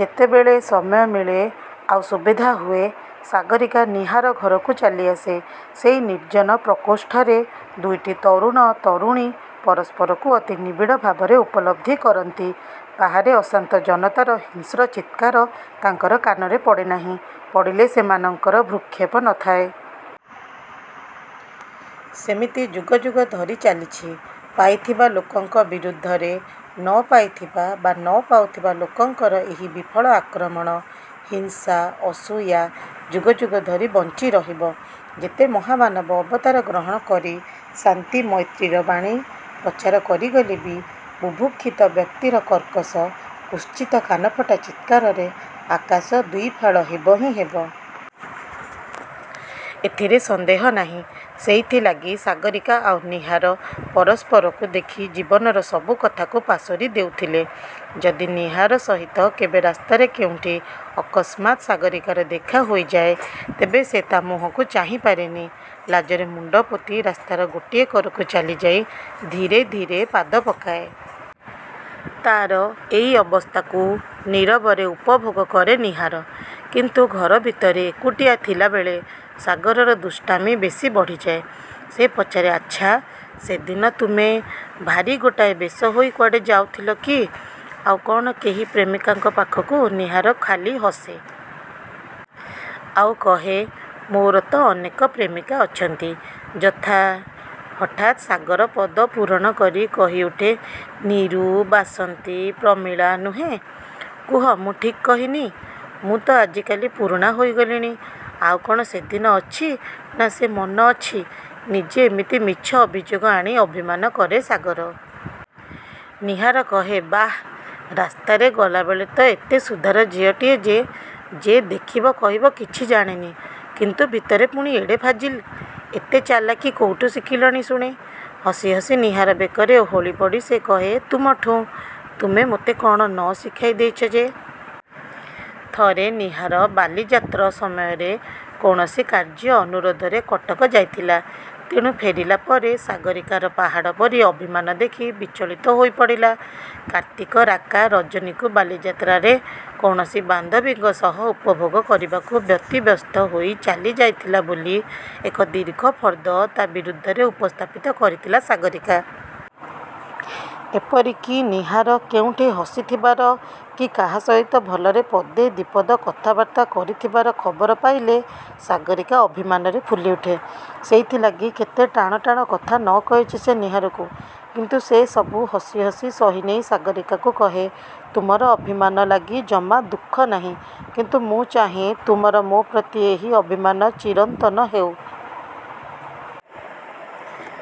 ଯେତେବେଳେ ସମୟ ମିଳେ ଆଉ ସୁବିଧା ହୁଏ; ସାଗରୀକା ନୀହାର ଘରକୁ ଚାଲିଆସେ। ସେଇ ନିର୍ଜନ ପ୍ରକୋଷ୍ଠରେ ଦୁଇଟି ତରୁଣ ତରୁଣୀ ପରସ୍ପରକୁ ଅତି ନିବିଡ଼ ଭାବରେ ଉପଲବ୍ଧି କରନ୍ତି। ବାହାରେ ଅଶାନ୍ତ ଜନତାର ହିଂସ୍ର ଚିତ୍କାର ତାଙ୍କର କାନରେ ପଡ଼େନାହିଁ। ପଡ଼ିଲେ; ସେମାନଙ୍କର ଭ୍ରୂକ୍ଷେପ ନଥାଏ। ସେମିତି ଯୁଗ ଯୁଗ ଧରି ଚାଲିଛି। ପାଇଥିବା ଲୋକଙ୍କ ବିରୁଦ୍ଧରେ 'ନ ପାଇଥିବା' ବା 'ନ ପାଉଥିବା' ଲୋକଙ୍କର ଏହି ବିଫଳ ଆକ୍ରମଣ, ହିଂସା ଅସୂୟା ଯୁଗ ଯୁଗ ଧରି ବଞ୍ଚି ରହିବ। ଯେତେ ମହାମାନବ ଅବତାର ଗ୍ରହଣ କରି ଶାନ୍ତି, ମୈତ୍ରୀର ବାଣୀ ପ୍ରଚାର କରିଗଲେ ବି ବୁଭୁକ୍ଷିତ-ବ୍ୟକ୍ତିର କର୍କଶ, କୁତ୍ସିତ କାନଫଟା ଚିତ୍କାରରେ ଆକାଶ ଦ୍ୱିଫାଳ ହେବ ହିଁ ହେବ। ଏଥିରେ ସନ୍ଦେହ ନାହିଁ। ସେଇଥି ଲାଗି ସାଗରୀକା ଆଉ ନୀହାର ପରସ୍ପରକୁ ଦେଖି ଜୀବନର ସବୁ କଥାକୁ ପାସୋରି ଦେଉଥିଲେ। ଯଦି ନୀହାର ସହିତ କେବେ ରାସ୍ତାରେ କେଉଁଠି ଅକସ୍ମାତ୍ ସାଗରୀକାର ଦେଖା ହୋଇଯାଏ ତେବେ ସେ ତା' ମୁହଁକୁ ଚାହିଁପାରେନି। ଲାଜରେ ମୁଣ୍ତପୋତି, ରାସ୍ତାର ଗୋଟିଏ କରକୁ ଚାଲିଯାଇ ଧୀରେ ଧୀରେ ପାଦ ପକାଏ। ତା'ର ଏଇ ଅବସ୍ଥାକୁ ନୀରବରେ ଉପଭୋଗ କରେ ନୀହାର। କିନ୍ତୁ ଘର ଭିତରେ ଏକୁଟିଆ ଥିଲାବେଳେ ସାଗରର ଦୁଷ୍ଟାମି ବେଶୀ ବଢ଼ିଯାଏ। ସେ ପଚାରେ-''ଆଚ୍ଛା-ସେଦିନ ତୁମେ। ଭାରୀ ଗୋଟାଏ ବେଶ ହୋଇ କୁଆଡ଼େ ଯାଉଥିଲ କି? ଆଉ କ'ଣ କେହି ପ୍ରେମିକାଙ୍କ ପାଖକୁ? '' ନୀହାର ଖାଲି ହସେ! ଆଉ କହେ-''ମୋର ତ ଅନେକ ପ୍ରେମିକା ଅଛନ୍ତି ଯଥା। ହଠାତ୍ ସାଗର ପଦପୂରଣ କରି କହିଉଠେ-ନିରୁ, ବାସନ୍ତୀ, ପ୍ରମିଳା, ନୁହେଁ? କୁହ-ମୁଁ ଠିକ୍ କହିନି? ମୁଁ ତ ଆଜିକାଲି ପୁରୁଣା ହୋଇଗଲିଣି। ଆଉ କ'ଣ ସେଦିନ ଅଛି-ନା ସେ ମନ ଅଛି? '' ନିଜେ ଏମିତି ମିଛ ଅଭିଯୋଗ ଆଣି ଅଭିମାନ କରେ ସାଗର। ନୀହାର କହେ-ବାଃ-ରାସ୍ତାରେ ଗଲାବେଳେ ତ ଏତେ ସୁଧାର ଝିଅଟିଏ ଯେ; ଯେ ଦେଖିବ କହିବ କିଛି ଜାଣେନି। କିନ୍ତୁ ଭିତରେ ପୁଣି ଏଡ଼େ ଫାଜିଲ୍। ଏତେ ଚାଲାକି କୋଉଠୁ ଶିଖିଲଣି ଶୁଣେ? '' ହସି ହସି ନୀହାର ବେକରେ ଓହଳି ପଡ଼ି ସେ କହେ-''ତୁମଠୁଁ। ତୁମେ ମୋତେ କ'ଣ ନ ଶିଖାଇ ଦେଇଛ ଯେ? '' ଥରେ ନୀହାର ବାଲିଯାତ୍ର ସମୟରେ କୌଣସି କାର୍ଯ୍ୟ ଅନୁରୋଧରେ କଟକ ଯାଇଥିଲା। ତେଣୁ ଫେରିଲା ପରେ ସାଗରୀକାର ପାହାଡ଼ ପରି ଅଭିମାନ ଦେଖି, ବିଚଳିତ ହୋଇପଡ଼ିଲା। କାର୍ତ୍ତିକ ରାକା ରଜନୀକୁ ବାଲିଯାତ୍ରାରେ କୌଣସି ବାନ୍ଧବୀଙ୍କ ସହ ଉପଭୋଗ କରିବାକୁ ବ୍ୟତିବ୍ୟସ୍ତ ହୋଇ ଚାଲି ଯାଇଥିଲା ବୋଲି ଏକ ଦୀର୍ଘ ଫର୍ଦ୍ଦ ତା' ବିରୁଦ୍ଧରେ ଉପସ୍ଥାପିତ କରିଥିଲା ସାଗରୀକା। ଏପରିକି ନୀହାର କେଉଁଠି ହସି ଥିବାର, କି କାହା ସହିତ ଭଲରେ ପଦେ ଦି'ପଦ କଥାବାର୍ତ୍ତା କରି ଥିବାର ଖବର ପାଇଲେ ସାଗରୀକା ଅଭିମାନରେ ଫୁଲି ଉଠେ। ସେଇଥି ଲାଗି କେତେ ଟାଣ ଟାଣ କଥା ନ କହିଛି ସେ ନୀହାରକୁ-କିନ୍ତୁ ସେ ସବୁ ହସି ହସି ସହି ନେଇ ସାଗରୀକାକୁ କହେ-''ତୁମର ଅଭିମାନ ଲାଗି ଜମା ଦୁଃଖ ନାହିଁ-କିନ୍ତୁ ମୁଁ ଚାହେଁ ତୁମର ମୋ'ପ୍ରତି ଏହି ଅଭିମାନ ଚିରନ୍ତନ ହେଉ।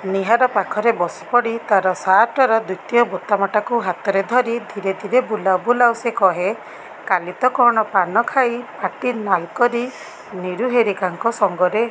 '' ନୀହାର ପାଖରେ ବସିପଡ଼ି, ତା'ର ସାର୍ଟର ଦ୍ୱିତୀୟ ବୋତାମଟାକୁ ହାତରେ ଧରି, ଧୀରେ ଧୀରେ ବୁଲାଉ ବୁଲାଉ ସେ କହେ-''କାଲି ତ କ'ଣ ପାନ ଖାଇ ପାଟି ନାଲ୍କରି ନିରୁ ହେରିକାଙ୍କ ସଙ୍ଗରେ